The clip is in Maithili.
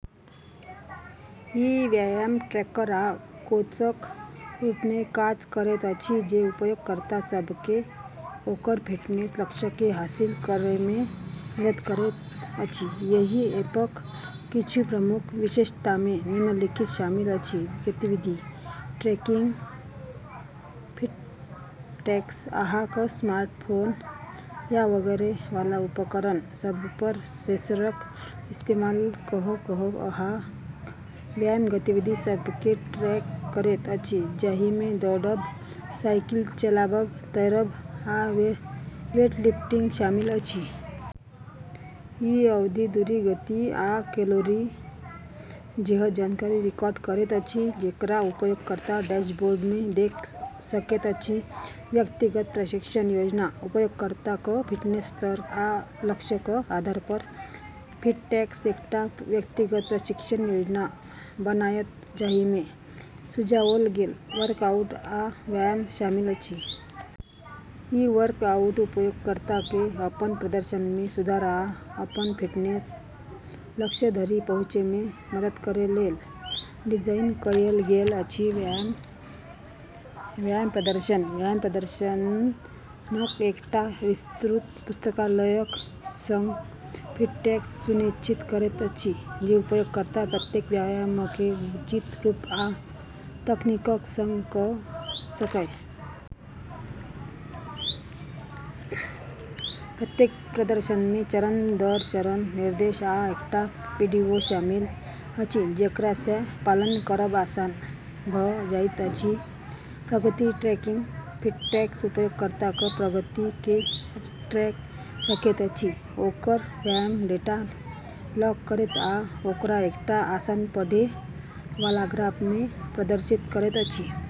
ई व्यायाम ट्रैकर आ कोचक रूपमे काज करैत अछि जे उपयोगकर्ता सभकेँ ओकर फिटनेस लक्ष्यकेँ हासिल करैमे मदद करैत अछि। एहि ऐपक किछु प्रमुख विशेषतामे निम्नलिखित शामिल अछि: गतिविधि ट्रैकिंग: फिटट्रैक्स अहाँक स्मार्टफोन या पहिरै वाला उपकरण सभपर सेंसरक इस्तेमाल कऽ कऽ अहाँक व्यायाम गतिविधि सभकेँ ट्रैक करैत अछि, जाहिमे दौड़ब, साइकिल चलाबब, तैरब, आ वेटलिफ्टिंग शामिल अछि। ई अवधि, दूरी, गति, आ कैलोरी जेहन जानकारी रिकॉर्ड करैत अछि, जेकरा उपयोगकर्ता डैशबोर्डमे देख सकैत अछि। व्यक्तिगत प्रशिक्षण योजना: उपयोगकर्ताक फिटनेस स्तर आ लक्ष्यक आधारपर फिटट्रैक्स एकटा व्यक्तिगत प्रशिक्षण योजना बनायत जाहिमे सुझाओल गेल वर्कआउट आ व्यायाम शामिल अछि। ई वर्कआउट उपयोगकर्ताकेँ अपन प्रदर्शनमे सुधार आ अपन फिटनेस लक्ष्य धरि पहुँचैमे मदद करैलेल डिजाइन कएल गेल अछि। व्यायाम प्रदर्शन: व्यायाम प्रदर्शनक एकटा विस्तृत पुस्तकालयक संग, फिटट्रैक्स सुनिश्चित करैत अछि जे उपयोगकर्ता प्रत्येक व्यायामकेँ उचित रूप आ तकनीकक संग कऽ सकय। प्रत्येक प्रदर्शनमे चरण-दर-चरण निर्देश आ एकटा वीडियो शामिल अछि, जेकरासँ पालन करब आसान भऽ जाइत अछि। प्रगति ट्रैकिंग: फिटट्रैक्स उपयोगकर्ताक प्रगतिकेँ ट्रैक रखैत अछि, ओकर व्यायाम डेटा लॉग करैत आ ओकरा एकटा आसान-पढ़ै वाला ग्राफमे प्रदर्शित करैत अछि।